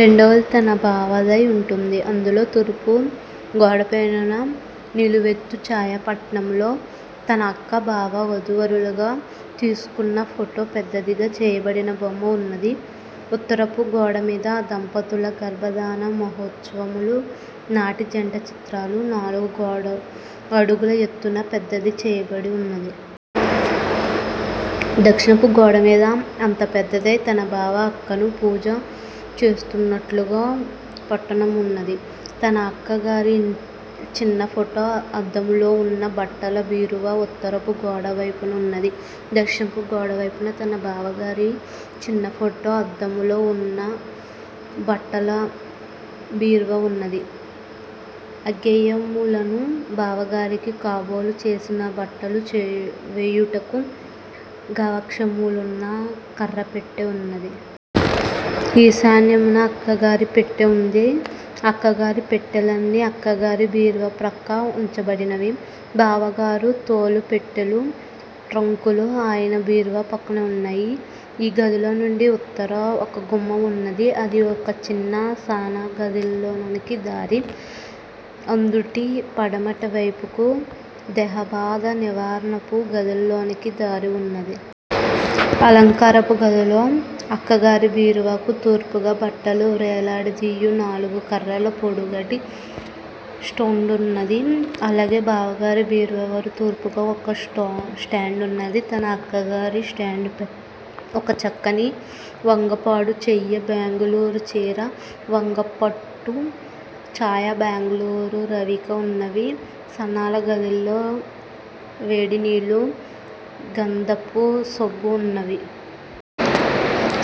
రెండవది తనబావదై ఉంటుంది. అందులో తూర్పు గోడపైన నిలువెత్తు ఛాయాపటంలో తన అక్కా, బావా వధూవరులుగా తీయించుకున్న ఫోటో పెద్దదిగా చేయబడిన బొమ్మ వున్నది. ఉత్తరపు గోడమీద ఆ దంపతుల గర్భాదాన మహోత్సవము నాటి జంట చిత్రము, నాలుగు అడుగుల ఎత్తున పెద్దది చేయబడి వున్నది. దక్షిణపు గోడమీద అంత పెద్దదే తనబావ అక్కను పూజ చేయుచున్నట్లున్న పటమున్నది. తన అక్క్గగారి చిన్నఫోటో అద్దములోవున్న బట్టల బీరువా ఉత్తరపు గోడవైపున వుంది. దక్షిణపు గోడవైపున తన బావగారి చిన్న ఫోటో అద్దములో ఉన్న బట్టల బీరువా ఉన్నది. ఆగ్నేయమూలను బావగారికి కాబోలు మాసినబట్టలు వేయుటకు గవాక్షములున్న కఱ్ఱ పెట్టె ఉన్నది. ఈశాన్యమున అక్కగారి పెట్టె ఉంది. అక్కగారి పెట్టేలన్నీ అక్కగారి బీరువాప్రక్క ఉంచబడినవి. బావగారి తోలుపెట్టెలూ, ట్రంకులూ ఆయన బీరువాప్రక్క ఉన్నాయి. ఈ గదిలోనుండి ఉత్తరం ఒక గుమ్మం ఉన్నది. అది ఒక చిన్న స్నానాలగదిలోనికి దారి. అందుండి పడమటివైపుకు దేహబాధా నివారణపు గదిలోనికి దారి ఉన్నది. అలంకారపు గదిలో అక్కగారి బీరువాకు తూర్పుగా బట్టలు వ్రేలాడదీయు నాలుగు కఱ్ఱల పొడుగాటి స్టాండున్నది. అలాగే బావగారి బీరువాకు తూర్పుగా ఒక స్టాండు ఉన్నది. తన అక్కగారి స్టాండుపై ఒక చక్కని వంగపండు చాయ బెంగుళూరు చీరా, వంగపండు చాయ బెంగుళూరు రవికా ఉన్నవి. స్నానాలగదిలో వేడినీళ్ళూ, గంధపు సబ్బూ వున్నవి.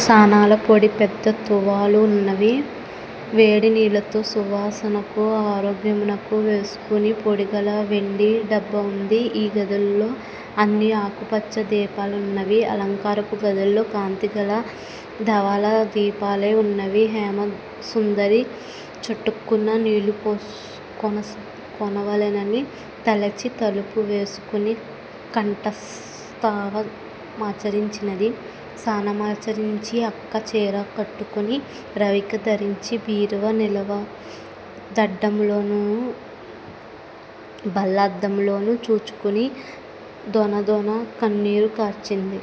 స్నానాల పొడీ పెద్ద తువాళ్ళూ వున్నవి. వేడినీళ్ళలో సువాసనకూ ఆరోగ్యమునకూ వేసుకొను పొడిగల వెండి డబ్బా వుంది. ఈ గదులలో అన్నీ ఆకుపచ్చ దీపాలున్నవి. అలంకారపు గదిలో కాంతిగల ధవళదీపాలే వున్నవి. హేమసుందరి చటుక్కున నీళ్ళుపోసుకొనవలెనని తలచి, తలుపు వేసుకొని, కంఠస్నావ మాచరించినది. స్నానమాచరించి, అక్క చీరకట్టుకొని, రవిక ధరించి బీరువా నిలువటద్దములోనూ, బల్ల అద్దములోను చూచికొని, దొనదొన కన్నీరు కార్చినది.